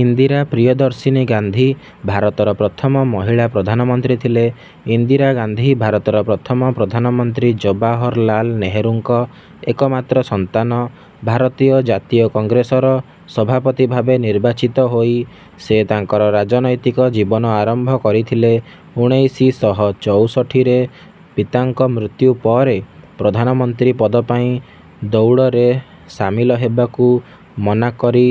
ଇନ୍ଦିରା ପ୍ରିୟଦର୍ଶିନୀ ଗାନ୍ଧୀ, ଭାରତର ପ୍ରଥମ ମହିଳା ପ୍ରଧାନମନ୍ତ୍ରୀ ଥିଲେ। ଇନ୍ଦିରା ଗାନ୍ଧୀ ଭାରତର ପ୍ରଥମ ପ୍ରଧାନ ମନ୍ତ୍ରୀ ଜବାହରଲାଲ ନେହେରୁଙ୍କ ଏକମାତ୍ର ସନ୍ତାନ। ଭାରତୀୟ ଜାତୀୟ କଂଗ୍ରେସର ସଭାପତି ଭାବେ ନିର୍ବାଚିତ ହୋଇ ସେ ତାଙ୍କର ରାଜନୈତିକ ଜୀବନ ଆରମ୍ଭ କରିଥିଲେ। ଉଣେଇଶି ଶହ ଚଉଷଠିରେ ପିତାଙ୍କ ମୃତ୍ୟୁ ପରେ ପ୍ରଧାନ ମନ୍ତ୍ରୀ ପଦପାଇଁ ଦୌଡରେ ସାମିଲ ହେବାକୁ ମନାକରି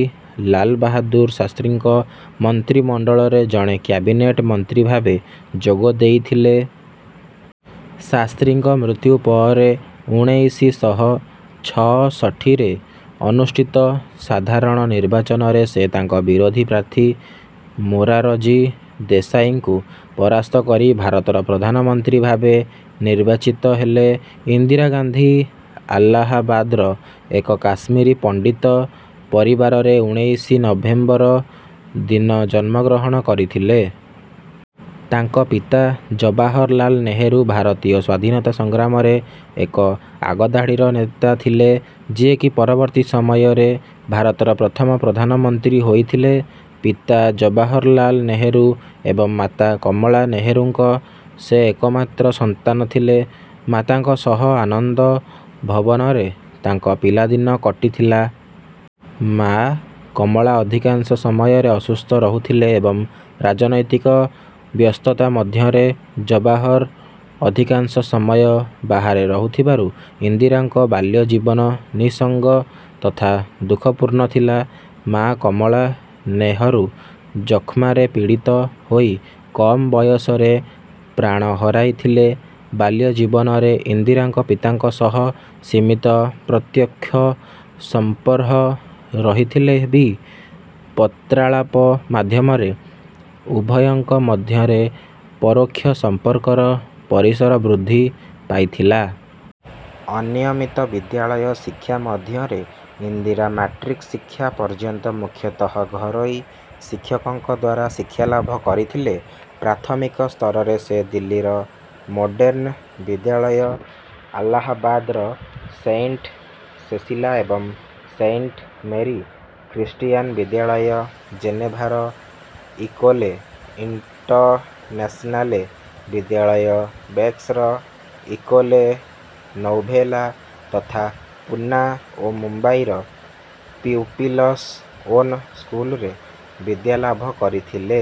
ଲାଲ ବାହାଦୁର ଶାସ୍ତ୍ରୀଙ୍କ ମନ୍ତ୍ରୀମଣ୍ଡଳରେ ଜଣେ କ୍ୟାବିନେଟ ମନ୍ତ୍ରୀଭାବେ ଯୋଗ ଦେଇଥିଲେ। ଶାସ୍ତ୍ରୀଙ୍କ ମୃତ୍ୟୁପରେ, ଉଣେଇଶି ଶହ ଛଅଷଠିରେ ଅନୁଷ୍ଠିତ ସାଧାରଣ ନିର୍ବାଚନରେ ସେ ତାଙ୍କ ବିରୋଧୀ ପ୍ରାର୍ଥୀ ମୋରାରଜୀ ଦେଶାଇଙ୍କୁ ପରାସ୍ତ କରି ଭାରତର ପ୍ରଧାନ ମନ୍ତ୍ରୀ ଭାବେ ନିର୍ବାଚିତ ହେଲେ। ଇନ୍ଦିରା ଗାନ୍ଧୀ ଆଲାହାବାଦର ଏକ କାଶ୍ମୀରୀ ପଣ୍ଡିତ ପରିବାରରେ ଉଣେଇଶି ନଭେମ୍ବର, ଦିନ ଜନ୍ମ ଗ୍ରହଣ କରିଥିଲେ। ତାଙ୍କ ପିତା ଜବାହରଲାଲ ନେହେରୁ ଭାରତୀୟ ସ୍ୱାଧୀନତା ସଂଗ୍ରାମରେ ଏକ ଆଗଧାଡିର ନେତା ଥିଲେ ଯିଏ କି ପରବର୍ତ୍ତୀ ସମୟରେ ଭାରତର ପ୍ରଥମ ପ୍ରଧାନ ମନ୍ତ୍ରୀ ହୋଇଥିଲେ। ପିତା ଜବାହରଲାଲ ନେହେରୁ ଏବଂ ମାତା କମଳା ନେହେରୁଙ୍କ ସେ ଏକମାତ୍ର ସନ୍ତାନ ଥିଲେ। ମାତାଙ୍କ ସହ ଆନନ୍ଦ ଭବନରେ ତାଙ୍କ ପିଲାଦିନ କଟିଥିଲା। ମାଆ କମଳା ଅଧିକାଂଶ ସମୟରେ ଅସୁସ୍ଥ ରହୁଥିଲେ ଏବଂ ରାଜନୈତିକ ବ୍ୟସ୍ତତା ମଧ୍ୟରେ ଜବାହର ଅଧିକାଂଶ ସମୟ ବାହାରେ ରହୁଥିବାରୁ ଇନ୍ଦିରାଙ୍କ ବାଲ୍ୟଜୀବନ ନିଃସଙ୍ଗ ତଥା ଦୁଃଖପୂର୍ଣ୍ଣ ଥିଲା। ମାଆ କମଳା ନେହରୁ ଯକ୍ଷ୍ମାରେ ପୀଡିତ ହୋଇ କମ୍ ବୟସରେ ପ୍ରାଣ ହରାଇଥିଲେ। ବାଲ୍ୟ ଜୀବନରେ ଇନ୍ଦିରାଙ୍କ ପିତାଙ୍କ ସହ ସୀମିତ ପ୍ରତ୍ୟକ୍ଷ ସଂପର୍ହ ରହିଥିଲେ ବି ପତ୍ରାଳାପ ମାଧ୍ୟମରେ ଉଭୟଙ୍କ ମଧ୍ୟରେ ପରୋକ୍ଷ ସମ୍ପର୍କର ପରିସର ବୃଦ୍ଧି ପାଇଥିଲା। ଅନିୟମିତ ବିଦ୍ୟାଳୟ ଶିକ୍ଷା ମଧ୍ୟରେ ଇନ୍ଦିରା ମାଟ୍ରିକ ଶିକ୍ଷା ପର୍ଯ୍ୟନ୍ତ ମୁଖ୍ୟତଃ ଘରୋଇ ଶିକ୍ଷକଙ୍କଦ୍ୱାରା ଶିକ୍ଷା ଲାଭ କରିଥିଲେ। ପ୍ରାଥମିକ ସ୍ତରରେ ସେ ଦିଲ୍ଲୀର ମୋଡେର୍ଣ୍ଣ ବିଦ୍ୟାଳୟ, ଆଲାହାବାଦର ସେଇଣ୍ଟ ସେସିଲା ଏବଂ ସେଇଣ୍ଟ ମେରୀ ଖ୍ରୀଷ୍ଟୀୟାନ ବିଦ୍ୟାଳୟ ଜେନେଭାର ଇକୋଲେ ଇଣ୍ଟନ୍ୟାସନାଲେ ବିଦ୍ୟାଳୟ, ବେକ୍ସର ଇକୋଲେ ନୌଭେଲା ତଥା ପୁନା ଓ ମୁମ୍ବାଇର ପ୍ୟୂପିଲସ୍ ଓନ୍ ସ୍କୁଲରେ ବିଦ୍ୟାଲାଭ କରିଥିଲେ।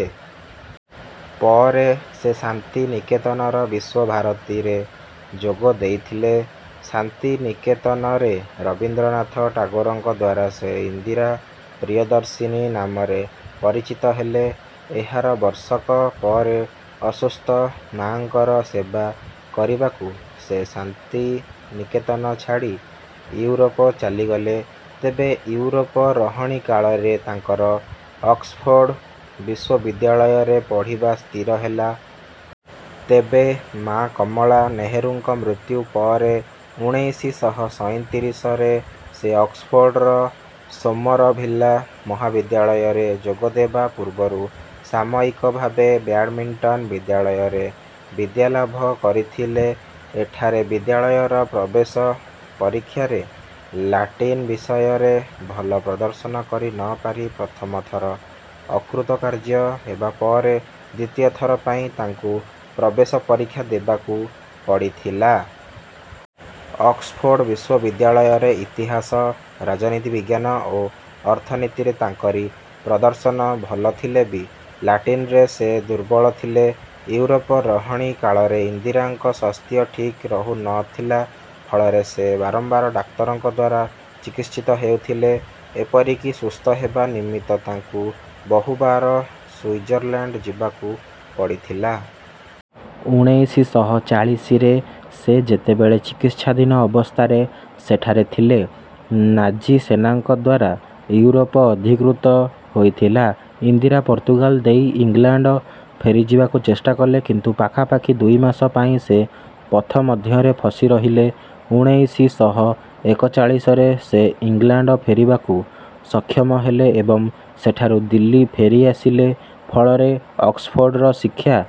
ପରେ ସେ ଶାନ୍ତିନିକେତନର ବିଶ୍ୱ ଭାରତୀରେ ଯୋଗ ଦେଇଥିଲେ। ଶାନ୍ତିନିକେତନରେ ରବିନ୍ଦ୍ରନାଥ ଟାଗୋରଙ୍କଦ୍ୱାରା ସେ ଇନ୍ଦିରା ପ୍ରିୟଦର୍ଶିନୀ ନାମରେ ପରିଚିତ ହେଲେ। ଏହାର ବର୍ଷକ ପରେ ଅସୁସ୍ଥ ମାଁଙ୍କର ସେବା କରିବାକୁ ସେ ଶାନ୍ତିନିକେତନ ଛାଡି ଇଉରୋପ ଚାଲିଗଲେ। ତେବେ ଇଉରୋପ ରହଣିକାଳରେ ତାଙ୍କର ଅକ୍ସଫୋର୍ଡ ବିଶ୍ୱବିଦ୍ୟାଳୟରେ ପଢିବା ସ୍ଥିର ହେଲା। ତେବେ ମାଁ କମଳା ନେହେରୁଙ୍କ ମୃତ୍ୟୁ ପରେ ଉଣେଇଶି ଶହ ସଇଁତିରିଶ ରେ ସେ ଅକ୍ସଫୋର୍ଡର ସୋମରଭିଲ୍ଲା ମହାବିଦ୍ୟାଳରେ ଯୋଗଦେବା ପୂର୍ବରୁ ସାମୟିକ ଭାବେ ବ୍ୟାଡମିଣ୍ଟନ୍ ବିଦ୍ୟାଳୟରେ ବିଦ୍ୟାଲାଭ କରିଥିଲେ। ଏଠାରେ ବିଦ୍ୟାଳୟର ପ୍ରବେଶ ପରୀକ୍ଷାରେ ଲାଟିନ ବିଷୟରେ ଭଲ ପ୍ରଦର୍ଶନ କରି ନ ପାରି ପ୍ରଥମ ଥର ଅକୃତକାର୍ଯ୍ୟ ହେବାପରେ ଦ୍ୱିତୀୟ ଥର ପାଇଁ ତାଙ୍କୁ ପ୍ରବେଶ ପରୀକ୍ଷା ଦେବାକୁ ପଡିଥିଲା। ଅକ୍ସଫୋର୍ଡ ବିଶ୍ୱବିଦ୍ୟାଳୟରେ ଇତିହାସ, ରାଜନୀତି ବିଜ୍ଞାନ ଓ ଅର୍ଥନୀତିରେ ତାଙ୍କରି ପ୍ରଦର୍ଶନ ଭଲ ଥିଲେ ବି ଲାଟିନରେ ସେ ଦୁର୍ବଳ ଥିଲେ। ଇଉରୋପ ରହଣୀ କାଳରେ ଇନ୍ଦିରାଙ୍କ ସ୍ୱାସ୍ଥ୍ୟ ଠିକ୍ ରହୁ ନ ଥିଲା। ଫଳରେ ସେ ବାରମ୍ବାର ଡାକ୍ତରଙ୍କଦ୍ୱାରା ଚିକିତ୍ସିତ ହେଉଥିଲେ। ଏପରିକି ସୁସ୍ଥ ହେବା ନିମିତ୍ତ ତାଙ୍କୁ ବହୁବାର ସୁଇଜରଲାଣ୍ଡ ଯିବାକୁ ପଡିଥିଲା। ଉଣେଇଶି ଶହ ଚାଳିଶିରେ ସେ ଯେତେବେଳେ ଚିକିତ୍ସାଧୀନ ଅବସ୍ଥାରେ ସେଠାରେ ଥିଲେ, ନାଜିସେନାଙ୍କଦ୍ୱାରା ଇଉରୋପ ଅଧିକୃତ ହୋଇଥିଲା। ଇନ୍ଦିରା ପର୍ତ୍ତୁଗାଲ ଦେଇ ଇଂଲାଣ୍ଡ ଫେରିଯିବାକୁ ଚେଷ୍ଟା କଲେ, କିନ୍ତୁ ପାଖାପାଖି ଦୁଇମାସ ପାଇଁ ସେ ପଥମଧ୍ୟରେ ଫସି ରହିଲେ। ଉଣେଇଶି ଶହ ଏକଚାଳିଶରେ ସେ ଇଂଲାଣ୍ଡ ଫେରିବାକୁ ସକ୍ଷମ ହେଲେ ଏବଂ ସେଠାରୁ ଦିଲ୍ଲୀ ଫେରିଆସିଲେ। ଫଳରେ ଅକ୍ସଫୋର୍ଡର ଶିକ୍ଷା